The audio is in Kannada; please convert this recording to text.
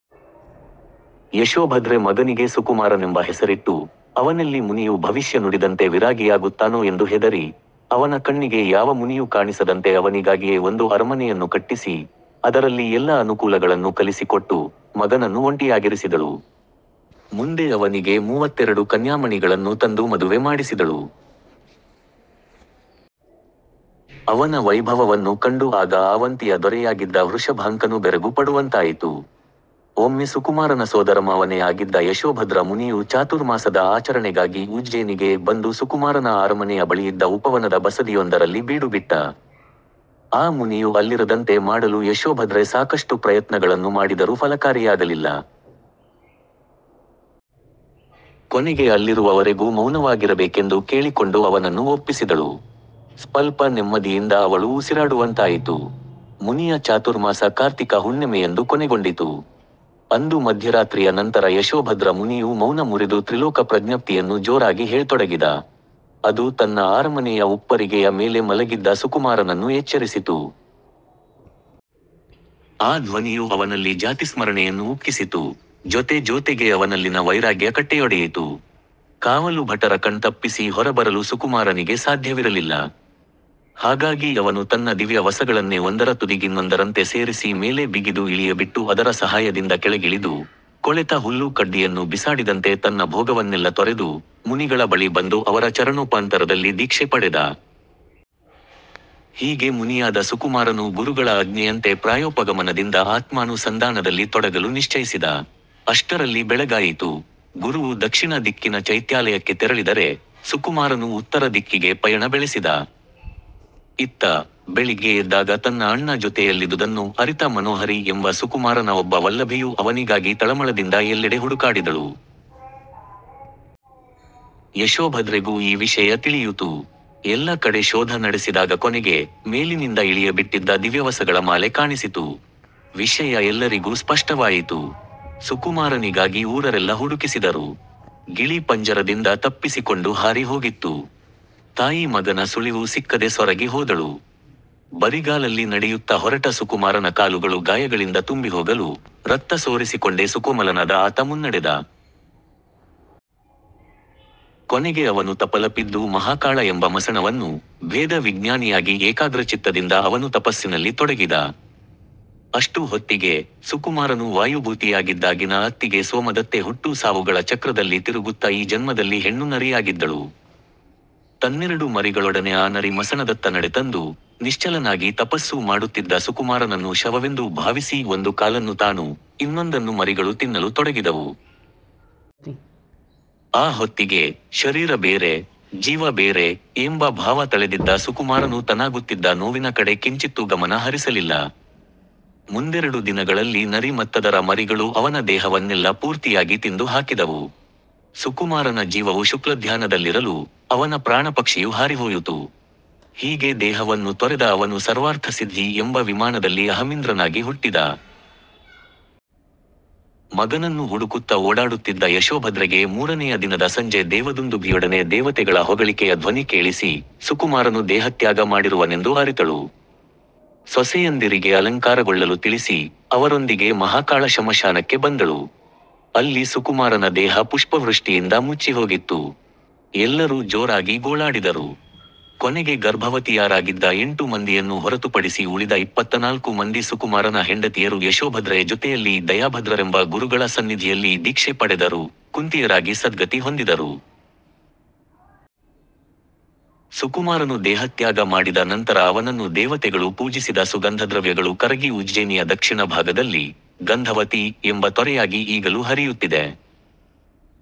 ಯಶೋಭದ್ರೆ ಮಗನಿಗೆ ಸುಕುಮಾರನೆಂಬ ಹೆಸರಿಟ್ಟು, ಅವನೆಲ್ಲಿ ಮುನಿಯು ಭವಿಷ್ಯ ನುಡಿದಂತೆ ವಿರಾಗಿಯಾಗುತ್ತಾನೋ ಎಂದು ಹೆದರಿ, ಅವನ ಕಣ್ಣಿಗೆ ಯಾವ ಮುನಿಯೂ ಕಾಣಿಸದಂತೆ ಅವನಿಗಾಗಿಯೇ ಒಂದು ಅರಮನೆಯನ್ನು ಕಟ್ಟಿಸಿ, ಅದರಲ್ಲಿ ಎಲ್ಲ ಅನುಕೂಲಗಳನ್ನೂ ಕಲಿಸಿಕೊಟ್ಟು, ಮಗನನ್ನು ಒಂಟಿಯಾಗಿರಿಸಿದಳು. ಮುಂದೆ ಅವನಿಗೆ ಮೂವತ್ತೆರಡು ಕನ್ಯಾಮಣಿಗಳನ್ನು ತಂದು ಮದುವೆ ಮಾಡಿಸಿದಳು. ಅವನ ವೈಭವವನ್ನು ಕಂಡು ಆಗ ಆವಂತಿಯ ದೊರೆಯಾಗಿದ್ದ ವೃಷಭಾಂಕನೂ ಬೆರಗು ಪಡುವಂತಾಯಿತು. ಒಮ್ಮೆ ಸುಕುಮಾರನ ಸೋದರಮಾವನೇ ಆಗಿದ್ದ ಯಶೋಭದ್ರ ಮುನಿಯು ಚಾತುರ್ಮಾಸದ ಆಚರಣೆಗಾಗಿ ಉಜ್ಜೇನಿಗೆ ಬಂದು ಸುಕುಮಾರನ ಆರಮನೆಯ ಬಳಿಯಿದ್ದ ಉಪವನದ ಬಸದಿಯೊಂದರಲ್ಲಿ ಬೀಡುಬಿಟ್ಟ. ಆ ಮುನಿಯು ಅಲ್ಲಿರದಂತೆ ಮಾಡಲು ಯಶೋಭದ್ರೆ ಸಾಕಷ್ಟು ಪ್ರಯತ್ನಗಳನ್ನು ಮಾಡಿದರೂ ಫಲಕಾರಿಯಾಗಲಿಲ್ಲ. ಕೊನೆಗೆ ಅಲ್ಲಿರುವವರೆಗೂ ಮೌನವಾಗಿರಬೇಕೆಂದು ಕೇಳಿಕೊಂಡು ಅವನನ್ನು ಒಪ್ಪಿಸಿದಳು. ಸ್ಪಲ್ಪ ನೆಮ್ಮದಿಯಿಂದ ಅವಳು ಉಸಿರಾಡುವಂತಾಯಿತು. ಮುನಿಯ ಚಾತುರ್ಮಾಸ ಕಾರ್ತಿಕ ಹುಣ್ಣೆಮೆಯಂದು ಕೊನೆಗೊಂಡಿತು. ಅಂದು ಮಧ್ಯರಾತ್ರಿಯ ನಂತರ ಯಶೋಭದ್ರ ಮುನಿಯು ಮೌನ ಮುರಿದು ತ್ರಿಲೋಕ ಪ್ರಜ್ಞಪ್ತಿಯನ್ನು ಜೋರಾಗಿ ಹೇಳತೊಡಗಿದ. ಅದು ತನ್ನ ಆರಮನೆಯ ಉಪ್ಪರಿಗೆಯ ಮೇಲೆ ಮಲಗಿದ್ದ ಸುಕುಮಾರನನ್ನು ಎಚ್ಚರಿಸಿತು. ಆ ಧ್ವನಿಯು ಅವನಲ್ಲಿ ಜಾತಿಸ್ಮರಣೆಯನ್ನು ಉಕ್ಕಿಸಿತು; ಜೊತೆ ಜೋತೆಗೇ ಅವನಲ್ಲಿನ ವೈರಾಗ್ಯ ಕಟ್ಟೆಯೊಡೆಯಿತು. ಕಾವಲುಭಟರ ಕಣ್ತಪ್ಪಿಸಿ ಹೊರಬರಲು ಸುಕುಮಾರನಿಗೆ ಸಾಧ್ಯವಿರಲಿಲ್ಲ. ಹಾಗಾಗಿ ಅವನು ತನ್ನ ದಿವ್ಯ ವಸಗಳನ್ನೇ ಒಂದರ ತುದಿಗಿನ್ನೊಂದರಂತೆ ಸೇರಿಸಿ ಮೇಲೆ ಬಿಗಿದು ಇಳಿಯಬಿಟ್ಟು ಅದರ ಸಹಾಯದಿಂದ ಕೆಳಗಿಳಿದು, ಕೊಳೆತ ಹುಲ್ಲು ಕಡ್ದಿಯನ್ನು ಬಿಸಾಡಿದಂತೆ ತನ್ನ ಭೋಗವನ್ನೆಲ್ಲ ತೊರೆದು, ಮುನಿಗಳ ಬಳಿ ಬಂದು ಅವರ ಚರಣೋಪಾಂತರದಲ್ಲಿ ದೀಕ್ಷೆ ಪಡೆದ. ಹೀಗೆ ಮುನಿಯಾದ ಸುಕುಮಾರನು ಗುರುಗಳ ಅಜ್ಞೆಯಂತೆ ಪ್ರಾಯೋಪಗಮನದಿಂದ ಆತ್ಮಾನು ಸಂದಾನದಲ್ಲಿ ತೊಡಗಲು ನಿಶ್ಚೈಸಿದ. ಅಷ್ಟರಲ್ಲಿ ಬೆಳಗಾಯಿತು; ಗುರುವು ದಕ್ಷಿಣ ದಿಕ್ಕಿನ ಚೈತ್ಯಾಲಯಕ್ಕೆ ತೆರಳಿದರೆ, ಸುಕುಮಾರನು ಉತ್ತರ ದಿಕ್ಕಿಗೆ ಪಯಣ ಬೆಳೆಸಿದ. ಇತ್ತ, ಬೆಳಿಗ್ಗೆ ಎದ್ದಾಗ ತನ್ನ ಅಣ್ಣ ಜೊತೆಯಲ್ಲಿದುದನ್ನು ಅರಿತ ಮನೋಹರಿ ಎಂಬ ಸುಕುಮಾರನ ಒಬ್ಬ ವಲ್ಲಭೆಯು ಅವನಿಗಾಗಿ ತಳಮಳದಿಂದ ಎಲ್ಲೆಡೆ ಹುಡುಕಾಡಿದಳು. ಯಶೋಭದ್ರೆಗೂ ಈ ವಿಷಯ ತಿಳಿಯುತು. ಎಲ್ಲ ಕಡೆ ಶೋಧ ನಡೆಸಿದಾಗ ಕೊನೆಗೆ, ಮೇಲಿನಿಂದ ಇಳಿಯಬಿಟ್ಟಿದ್ದ ದಿವ್ಯವಸಗಳ ಮಾಲೆ ಕಾಣಿಸಿತು. ವಿಷಯ ಎಲ್ಲರಿಗೂ ಸ್ಪಷ್ಟವಾಯಿತು. ಸುಕುಮಾರನಿಗಾಗಿ ಊರರೆಲ್ಲ ಹುಡುಕಿಸಿದರು. ಗಿಳಿ ಪಂಜರದಿಂದ ತಪ್ಪಿಸಿಕೊಂಡು ಹಾರಿ ಹೋಗಿತ್ತು. ತಾಯಿ ಮಗನ ಸುಳಿವು ಸಿಕ್ಕದೆ ಸೊರಗಿ ಹೋದಳು. ಬರಿಗಾಲಲ್ಲಿ ನಡೆಯುತ್ತ ಹೊರಟ ಸುಕುಮಾರನ ಕಾಲುಗಳು ಗಾಯಗಳಿಂದ ತುಂಬಿಹೋಗಲು, ರಕ್ತ ಸೋರಿಸಿಕೊಂಡೇ ಸುಕೋಮಲನಾದ ಆತ ಮುನ್ನಡೆದ. ಕೊನೆಗೆ ಅವನು ತಪಲಪಿದ್ದು ಮಹಾಕಾಳ ಎಂಬ ಮಸಣವನ್ನು, ಭೇದ ವಿಜ್ಞಾನಿಯಾಗಿ ಏಕಾಗ್ರಚಿತ್ತದಿಂದ ಅವನು ತಪಸ್ಸಿನಲ್ಲಿ ತೊಡಗಿದ. ಅಷ್ಟು ಹೊತ್ತಿಗೆ, ಸುಕುಮಾರನು ವಾಯುಭೂತಿಯಾಗಿದ್ದಾಗಿನ ಅತ್ತಿಗೆ ಸೋಮದತ್ತೆ ಹುಟ್ಟು ಸಾವುಗಳ ಚಕ್ರದಲ್ಲಿ ತಿರುಗುತ್ತ ಈ ಜನ್ಮದಲ್ಲಿ ಹೆಣ್ಣು ನರಿಯಾಗಿದ್ದಳು. ತನ್ನೆರಡು ಮರಿಗಳೊಡನೆ ಆ ನರಿ ಮಸಣದತ್ತ ನಡೆತಂದು, ನಿಶ್ಚಲನಾಗಿ ತಪಸ್ಸು ಮಾಡುತ್ತಿದ್ದ ಸುಕುಮಾರನನ್ನು ಶವವೆಂದು ಭಾವಿಸಿ ಒಂದು ಕಾಲನ್ನು ತಾನು, ಇನ್ನೊಂದನ್ನು ಮರಿಗಳು ತಿನ್ನಲು ತೊಡಗಿದವು. ಆ ಹೊತ್ತಿಗೆ "ಶರೀರ ಬೇರೆ, ಜೀವ ಬೇರೆ" ಏಂಬ ಭಾವ ತಳೆದಿದ್ದ ಸುಕುಮಾರನು ತನಾಗುತ್ತಿದ್ದ ನೋವಿನ ಕಡೆ ಕಿಂಚಿತ್ತೂ ಗಮನ ಹರಿಸಲಿಲ್ಲ. ಮುಂದೆರಡು ದಿನಗಳಲ್ಲಿ ನರಿ ಮತ್ತದರ ಮರಿಗಳು ಅವನ ದೇಹವನ್ನೆಲ್ಲ ಪೂರ್ತಿಯಾಗಿ ತಿಂದು ಹಾಕಿದವು. ಸುಕುಮಾರನ ಜೀವವು ಶುಕ್ಲಧ್ಯಾನದಲ್ಲಿರಲು, ಅವನ ಪ್ರಾಣಪಕ್ಷಿಯು ಹಾರಿಹೋಯುತು. ಹೀಗೆ ದೇಹವನ್ನು ತೊರೆದ ಅವನು ಸರ್ವಾರ್ಥಸಿದ್ಧಿ ಎಂಬ ವಿಮಾನದಲ್ಲಿ ಅಹಮಿಂದ್ರನಾಗಿ ಹುಟ್ಟಿದ. ಮಗನನ್ನು ಹುಡುಕುತ್ತ ಓಡಾಡುತ್ತಿದ್ದ ಯಶೋಭದ್ರೆಗೆ ಮೂರನೆಯ ದಿನದ ಸಂಜೆ ದೇವದುಂದುಭಿಯೊಡನೆ ದೇವತೆಗಳ ಹೊಗಳಿಕೆಯ ಧ್ವನಿ ಕೇಳಿಸಿ, ಸುಕುಮಾರನು ದೇಹತ್ಯಾಗ ಮಾಡಿರುವನೆಂದು ಅರಿತಳು. ಸೊಸೆಯಂದಿರಿಗೆ ಅಲಂಕಾರಗೊಳ್ಳಲು ತಿಳಿಸಿ, ಅವರೊಂದಿಗೆ ಮಹಾಕಾಳ ಶ್ಮಶಾನಕ್ಕೆ ಬಂದಳು. ಅಲ್ಲಿ ಸುಕುಮಾರನ ದೇಹ ಪುಷ್ಪವೃಷ್ಟಿಯಿಂದ ಮುಚ್ಚಿಹೋಗಿತ್ತು. ಎಲ್ಲರೂ ಜೋರಾಗಿ ಗೋಳಾಡಿದರು. ಕೊನೆಗೆ ಗರ್ಭವತಿಯಾರಾಗಿದ್ದ ಎಂಟು ಮಂದಿಯನ್ನು ಹೊರತುಪಡಿಸಿ ಉಳಿದ ಇಪ್ಪತ್ತನಾಲ್ಕು ಮಂದಿ ಸುಕುಮಾರನ ಹೆಂಡತಿಯರು ಯಶೋಭದ್ರೆ ಜೊತೆಯಲ್ಲಿ ದಯಾಭದ್ರರೆಂಬ ಗುರುಗಳ ಸನ್ನಿಧಿಯಲ್ಲಿ ದೀಕ್ಷೆ ಪಡೆದರು; ಕುಂತಿಯರಾಗಿ ಸದ್ಗತಿ ಹೊಂದಿದರು. ಸುಕುಮಾರನು ದೇಹತ್ಯಾಗ ಮಾಡಿದ ನಂತರ ಅವನನ್ನು ದೇವತೆಗಳು ಪೂಜಿಸಿದ ಸುಗಂಧದ್ರವ್ಯಗಳು ಕರಗಿ ಉಜ್ಜೇನಿಯ ದಕ್ಕ್ಷಿಣಭಾಗದಲ್ಲಿ "ಗಂಧವತಿ" ಎಂಬ ತೊರೆಯಾಗಿ ಈಗಲೂ ಹರಿಯುತ್ತಿದೆ!